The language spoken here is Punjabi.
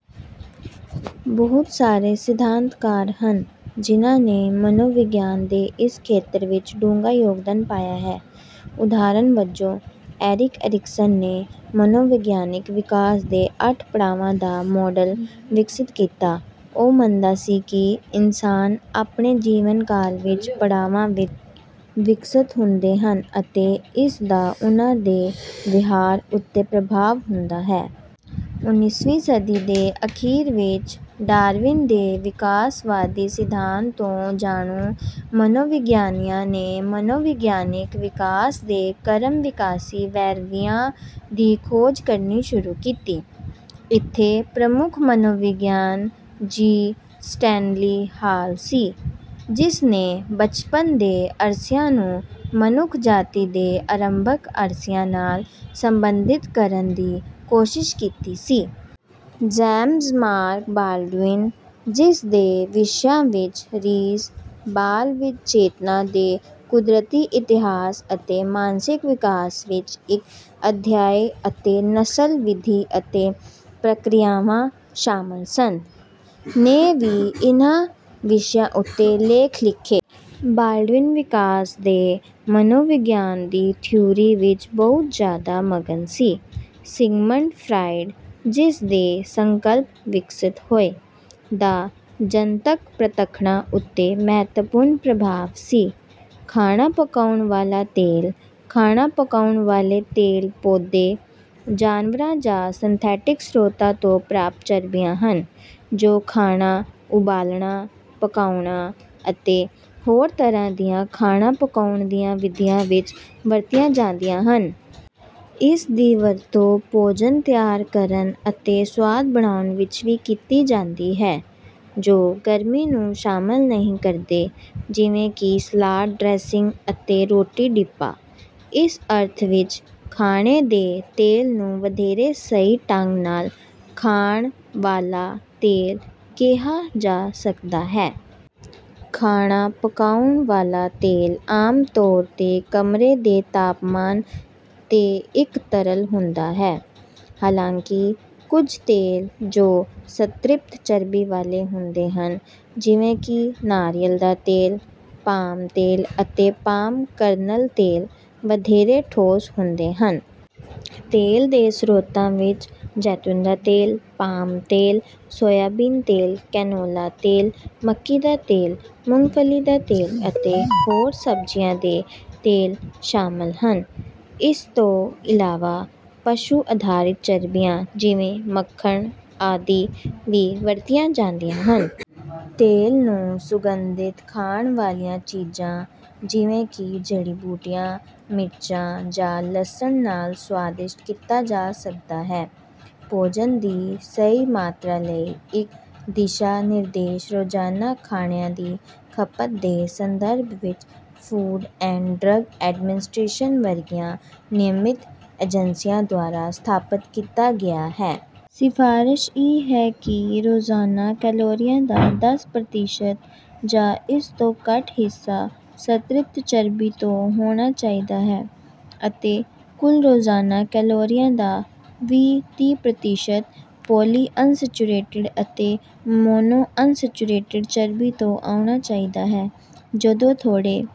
ਬਹੁਤ ਸਾਰੇ ਸਿਧਾਂਤਕਾਰ ਹਨ, ਜਿਨ੍ਹਾਂ ਨੇ ਮਨੋਵਿਗਿਆਨ ਦੇ ਇਸ ਖੇਤਰ ਵਿੱਚ ਡੂੰਘਾ ਯੋਗਦਾਨ ਪਾਇਆ ਹੈ। ਉਦਾਹਰਣ ਵਜੋਂ, ਏਰਿਕ ਐਰਿਕਸਨ ਨੇ ਮਨੋਵਿਗਿਆਨਿਕ ਵਿਕਾਸ ਦੇ ਅੱਠ ਪੜਾਵਾਂ ਦਾ ਮਾਡਲ ਵਿਕਸਿਤ ਕੀਤਾ। ਉਹ ਮੰਨਦਾ ਸੀ ਕਿ ਇਨਸਾਨ ਆਪਣੇ ਜੀਵਨ ਕਾਲ ਵਿੱਚ ਪੜਾਵਾਂ ਵਿੱਚ ਵਿਕਸਤ ਹੁੰਦੇ ਹਨ ਅਤੇ ਇਸ ਦਾ ਉਨ੍ਹਾਂ ਦੇ ਵਿਹਾਰ ਉੱਤੇ ਪ੍ਰਭਾਵ ਹੁੰਦਾ ਹੈ। ਉਨਿਸਵੀਂ ਸਦੀ ਦੇ ਅਖੀਰ ਵਿੱਚ, ਡਾਰਵਿਨ ਦੇ ਵਿਕਾਸਵਾਦੀ ਸਿਧਾਂਤ ਤੋਂ ਜਾਣੂ ਮਨੋਵਿਗਿਆਨੀਆਂ ਨੇ ਮਨੋਵਿਗਿਆਨਿਕ ਵਿਕਾਸ ਦੇ ਕਰਮਵਿਕਾਸੀ ਵੇਰਵਿਆਂ ਦੀ ਖੋਜ ਕਰਨੀ ਸ਼ੁਰੂ ਕੀਤੀ। ਇੱਥੇ ਪ੍ਰਮੁੱਖ ਮਨੋਵਿਗਿਆਨੀ ਜੀ. ਸਟੈਨਲੀ ਹਾਲ ਸੀ, ਜਿਸ ਨੇ ਬਚਪਨ ਦੇ ਅਰਸਿਆਂ ਨੂੰ ਮਨੁੱਖਜਾਤੀ ਦੇ ਅਰੰਭਕ ਅਰਸਿਆਂ ਨਾਲ ਸੰਬੰਧਿਤ ਕਰਨ ਦੀ ਕੋਸ਼ਿਸ਼ ਕੀਤੀ ਸੀ। ਜੇਮਜ਼ ਮਾਰਕ ਬਾਲਡਵਿਨ, ਜਿਸ ਦੇ ਵਿਸ਼ਿਆਂ ਵਿੱਚ ‘ਰੀਸ: ਬਾਲ ਵਿੱਚ ਚੇਤਨਾ ਦੇ ਕੁਦਰਤੀ ਇਤਿਹਾਸ ਅਤੇ ਮਾਨਸਿਕ ਵਿਕਾਸ ਵਿੱਚ ਇੱਕ ਅਧਿਆਇ’ ਅਤੇ ‘ਨਸਲ: ਵਿਧੀ ਅਤੇ ਪ੍ਰਕਿਰਿਆਵਾਂ’ ਸ਼ਾਮਲ ਸਨ, ਨੇ ਵੀ ਇਨ੍ਹਾਂ ਵਿਸ਼ਿਆਂ ਉੱਤੇ ਲੇਖ ਲਿਖੇ। ਬਾਲਡਵਿਨ ਵਿਕਾਸ ਦੇ ਮਨੋਵਿਗਿਆਨ ਦੀ ਥਿਊਰੀ ਵਿੱਚ ਬਹੁਤ ਜ਼ਿਆਦਾ ਮਗਨ ਸੀ। ਸਿਗਮੰਡ ਫਰਾਇਡ, ਜਿਸ ਦੇ ਸੰਕਲਪ ਵਿਕਸਤ ਹੋਏ, ਦਾ ਜਨਤਕ ਪ੍ਰਤੱਖਣਾਂ ਉੱਤੇ ਮਹੱਤਵਪੂਰਨ ਪ੍ਰਭਾਵ ਸੀ। ਖਾਣਾ ਪਕਾਉਣ ਵਾਲਾ ਤੇਲ ਖਾਣਾ ਪਕਾਉਣ ਵਾਲੇ ਤੇਲ ਪੌਦੇ, ਜਾਨਵਰ ਜਾਂ ਸਿੰਥੈਟਿਕ ਸਰੋਤਾਂ ਤੋਂ ਪ੍ਰਾਪਤ ਚਰਬੀਆਂ ਹਨ, ਜੋ ਖਾਣਾ ਉਬਾਲਣ, ਪਕਾਉਣ ਅਤੇ ਹੋਰ ਤਰ੍ਹਾਂ ਦੀਆਂ ਖਾਣਾ ਪਕਾਉਣ ਦੀਆਂ ਵਿਧੀਆਂ ਵਿੱਚ ਵਰਤੀਆਂ ਜਾਂਦੀਆਂ ਹਨ। ਇਸ ਦੀ ਵਰਤੋਂ ਭੋਜਨ ਤਿਆਰ ਕਰਨ ਅਤੇ ਸੁਆਦ ਬਣਾਉਣ ਵਿੱਚ ਵੀ ਕੀਤੀ ਜਾਂਦੀ ਹੈ, ਜੋ ਗਰਮੀ ਨੂੰ ਸ਼ਾਮਲ ਨਹੀਂ ਕਰਦੇ, ਜਿਵੇਂ ਕਿ ਸਲਾਦ ਡ੍ਰੈਸਿੰਗ ਅਤੇ ਰੋਟੀ ਡਿੱਪਾਂ। ਇਸ ਅਰਥ ਵਿੱਚ, ਖਾਣੇ ਦੇ ਤੇਲ ਨੂੰ ਵਧੇਰੇ ਸਹੀ ਢੰਗ ਨਾਲ ‘ਖਾਣ ਵਾਲਾ ਤੇਲ’ ਕਿਹਾ ਜਾ ਸਕਦਾ ਹੈ। ਖਾਣਾ ਪਕਾਉਣ ਵਾਲਾ ਤੇਲ ਆਮ ਤੌਰ ’ਤੇ ਕਮਰੇ ਦੇ ਤਾਪਮਾਨ ’ਤੇ ਇੱਕ ਤਰਲ ਹੁੰਦਾ ਹੈ। ਹਾਲਾਂਕਿ, ਕੁਝ ਤੇਲ ਜੋ ਸੰਤ੍ਰਿਪਤ ਚਰਬੀ ਵਾਲੇ ਹੁੰਦੇ ਹਨ, ਜਿਵੇਂ ਕਿ ਨਾਰੀਅਲ ਦਾ ਤੇਲ, ਪਾਮ ਤੇਲ ਅਤੇ ਪਾਮ ਕਰਨਲ ਤੇਲ, ਵਧੇਰੇ ਠੋਸ ਹੁੰਦੇ ਹਨ। ਤੇਲ ਦੇ ਸਰੋਤਾਂ ਵਿੱਚ ਜੈਤੂਨ ਦਾ ਤੇਲ, ਪਾਮ ਤੇਲ, ਸੋਇਆਬੀਨ ਤੇਲ, ਕੈਨੋਲਾ ਤੇਲ, ਮੱਕੀ ਦਾ ਤੇਲ, ਮੂੰਗਫਲੀ ਦਾ ਤੇਲ ਅਤੇ ਹੋਰ ਸਬਜ਼ੀਆਂ ਦੇ ਤੇਲ ਸ਼ਾਮਲ ਹਨ। ਇਸ ਤੋਂ ਇਲਾਵਾ, ਪਸ਼ੂ-ਆਧਾਰਿਤ ਚਰਬੀਆਂ, ਜਿਵੇਂ ਮੱਖਣ ਆਦਿ, ਵੀ ਵਰਤੀਆਂ ਜਾਂਦੀਆਂ ਹਨ। ਤੇਲ ਨੂੰ ਸੁਗੰਧਿਤ ਖਾਣ ਵਾਲੀਆਂ ਚੀਜ਼ਾਂ, ਜਿਵੇਂ ਕਿ ਜੜੀ-ਬੂਟੀਆਂ, ਮਿਰਚਾਂ ਜਾਂ ਲਸਣ ਨਾਲ ਸੁਆਦਿਸ਼ਟ ਕੀਤਾ ਜਾ ਸਕਦਾ ਹੈ। ਭੋਜਨ ਦੀ ਸਹੀ ਮਾਤਰਾ ਲਈ ਇੱਕ ਦਿਸ਼ਾ-ਨਿਰਦੇਸ਼ ਰੋਜ਼ਾਨਾ ਖਾਣਿਆਂ ਦੀ ਖਪਤ ਦੇ ਸੰਦਰਭ ਵਿੱਚ ਫੂਡ ਐਂਡ ਡਰੱਗ ਐਡਮਿਨਿਸਟ੍ਰੇਸ਼ਨ ਵਰਗੀਆਂ ਨਿਯਮਤ ਏਜੰਸੀਆਂ ਦੁਆਰਾ ਸਥਾਪਤ ਕੀਤਾ ਗਿਆ ਹੈ। ਸਿਫ਼ਾਰਸ਼ ਇਹ ਹੈ ਕਿ ਰੋਜ਼ਾਨਾ ਕੈਲੋਰੀਆਂ ਦਾ ਦੱਸ ਪਰਤੀਸਤ ਜਾਂ ਇਸ ਤੋਂ ਘੱਟ ਹਿੱਸਾ ਸੰਤ੍ਰਿਪਤ ਚਰਬੀ ਤੋਂ ਹੋਣਾ ਚਾਹੀਦਾ ਹੈ ਅਤੇ ਕੁੱਲ ਰੋਜ਼ਾਨਾ ਕੈਲੋਰੀਆਂ ਦਾ ਵੀਂ-ਤੀ ਪਰਤੀਸਤ ਪੌਲੀਅਨਸੈਚੁਰੇਟਿਡ ਅਤੇ ਮੋਨੋਅਨਸੈਚੁਰੇਟਿਡ ਚਰਬੀ ਤੋਂ ਆਉਣਾ ਚਾਹੀਦਾ ਹੈ। ਜਦੋਂ ਥੋੜੇ